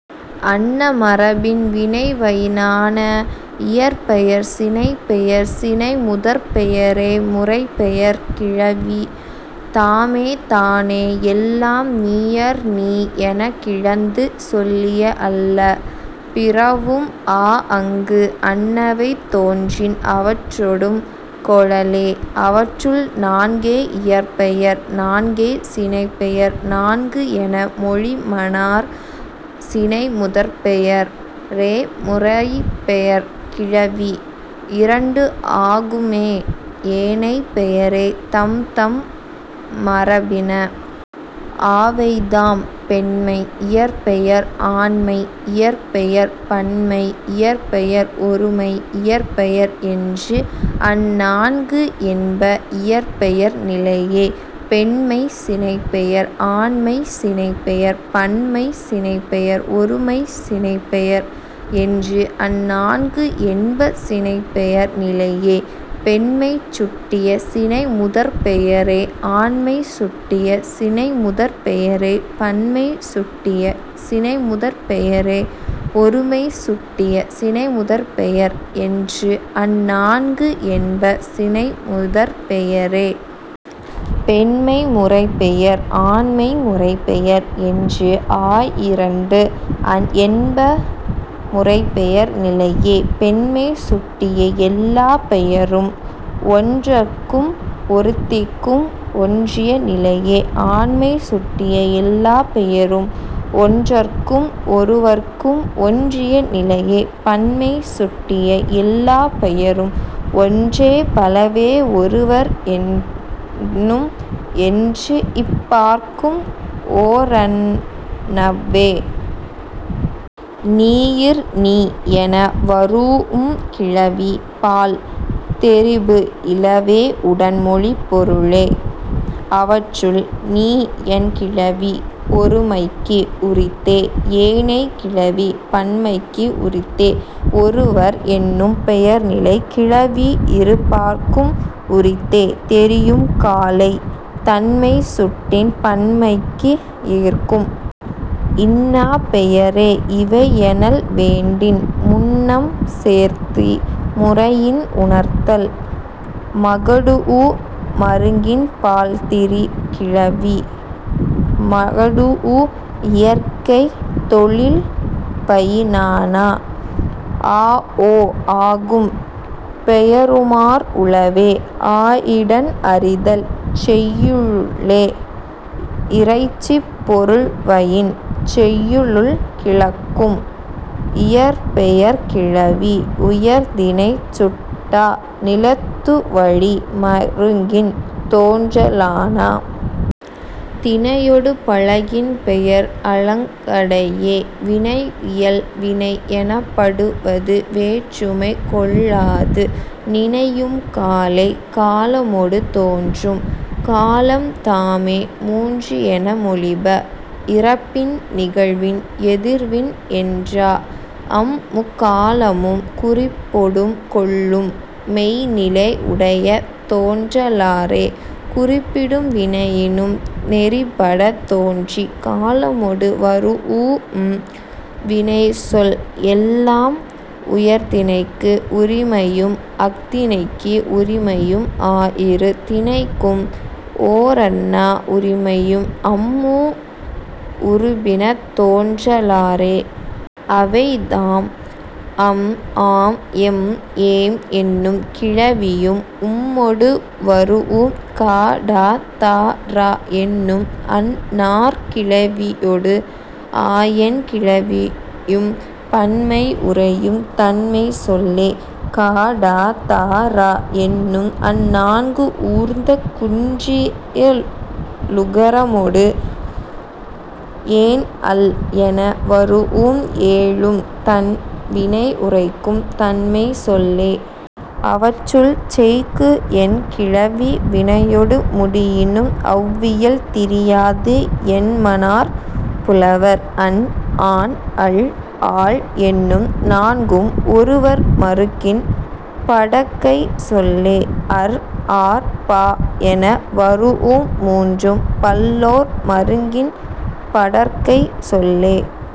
அன்ன மரபின் வினைவயினான. இயற்பெயர் சினைப்பெயர் சினைமுதற்பெயரே முறைப்பெயர்க் கிளவி தாமே தானே எல்லாம் நீயிர் நீ எனக் கிளந்து சொல்லிய அல்ல பிறவும் ஆஅங்கு அன்னவை தோன்றின் அவற்றொடும் கொளலே. அவற்றுள், நான்கே இயற்பெயர் நான்கே சினைப்பெயர் நான்கு என மொழிமனார் சினைமுதற்பெயரே முறைப்பெயர்க் கிளவி இரண்டு ஆகும்மே ஏனைப் பெயரே தம்தம் மரபின. ஆவைதாம், பெண்மை இயற்பெயர் ஆண்மை இயற்பெயர் பன்மை இயற்பெயர் ஒருமை இயற்பெயர் என்று அந் நான்கு என்ப இயற்பெயர் நிலையே. பெண்மைச் சினைப்பெயர் ஆண்மைச் சினைப்பெயர் பன்மைச் சினைப்பெயர் ஒருமைச் சினைப்பெயர் என்று அந் நான்கு என்ப சினைப்பெயர் நிலையே. பெண்மை சுட்டிய சினைமுதற்பெயரே ஆண்மை சுட்டிய சினைமுதற்பெயரே பன்மை சுட்டிய சினைமுதற்பெயரே ஒருமை சுட்டிய சினைமுதற்பெயர் என்று அந் நான்கு என்ப சினைமுதற்பெயரே. பெண்மை முறைப்பெயர் ஆண்மை முறைப்பெயர் என்று ஆயிரண்டு என்ப முறைப்பெயர் நிலையே. பெண்மை சுட்டிய எல்லாப் பெயரும் ஒன்றற்கும் ஒருத்திக்கும் ஒன்றிய நிலையே. ஆண்மை சுட்டிய எல்லாப் பெயரும் ஒன்றற்கும் ஒருவற்கும் ஒன்றிய நிலையே. பன்மை சுட்டிய எல்லாப் பெயரும் ஒன்றே பலவே ஒருவர் என்னும் என்று இப் பாற்கும் ஓரன்னவ்வே. நீயிர் நீ என வரூஉம் கிளவி பால் தெரிபு இலவே உடன் மொழிப் பொருள. அவற்றுள், நீ என் கிளவி ஒருமைக்கு உரித்தே. ஏனைக் கிளவி பன்மைக்கு உரித்தே. ஒருவர் என்னும் பெயர்நிலைக் கிளவி இரு பாற்கும் உரித்தே தெரியும் காலை. தன்மை சுட்டின் பன்மைக்கு ஏற்கும். இன்ன பெயரே இவை எனல் வேண்டின் முன்னம் சேர்த்தி முறையின் உணர்தல். மகடூஉ மருங்கின் பால் திரி கிளவி மகடூஉ இயற்கை தொழில்வயினான. ஆ ஓ ஆகும் பெயருமார் உளவே ஆயிடன் அறிதல் செய்யுளுள்ளே. இறைச்சிப் பொருள்வயின் செய்யுளுள் கிளக்கும் இயற்பெயர்க் கிளவி உயர்திணை சுட்டா நிலத்துவழி மருங்கின் தோன்றலான. திணையொடு பழகிய பெயர் அலங்கடையே.. வினையியல் வினை எனப்படுவது வேற்றுமை கொள்ளாது நினையும் காலை காலமொடு தோன்றும். காலம்தாமே மூன்று என மொழிப. இறப்பின் நிகழ்வின் எதிர்வின் என்றா அம் முக் காலமும் குறிப்பொடும் கொள்ளும் மெய்ந் நிலை உடைய தோன்றலாறே. குறிப்பினும் வினையினும் நெறிப்படத் தோன்றிக் காலமொடு வரூஉம் வினைச்சொல் எல்லாம் உயர்திணைக்கு உரிமையும் அஃறிணைக்கு உரிமையும் ஆயிரு திணைக்கும் ஓரன்ன உரிமையும் அம் மூ உருபின தோன்றலாறே. அவைதாம், அம் ஆம் எம் ஏம் என்னும் கிளவியும் உம்மொடு வரூஉம் கா டா தா றா என்னும் அந் நாற் கிளவியொடு ஆயெண் கிளவியும் பன்மை உரைக்கும் தன்மைச் சொல்லே. கா டா தா றா என்னும் அந் நான்கு ஊர்ந்த குன்றியலுகரமொடு ஏன் அல் என வரூஉம் ஏழும் தன் வினை உரைக்கும் தன்மைச் சொல்லே. அவற்றுள், செய்கு என் கிளவி வினையொடு முடியினும் அவ் இயல் திரியாது என்மனார் புலவர். அன் ஆன் அள் ஆள் என்னும் நான்கும் ஒருவர் மருக்கின் படர்க்கைச் சொல்லே. அர் ஆர் ப என வரூஉம் மூன்றும் பல்லோர் மருங்கின் படர்க்கைச் சொல்லே.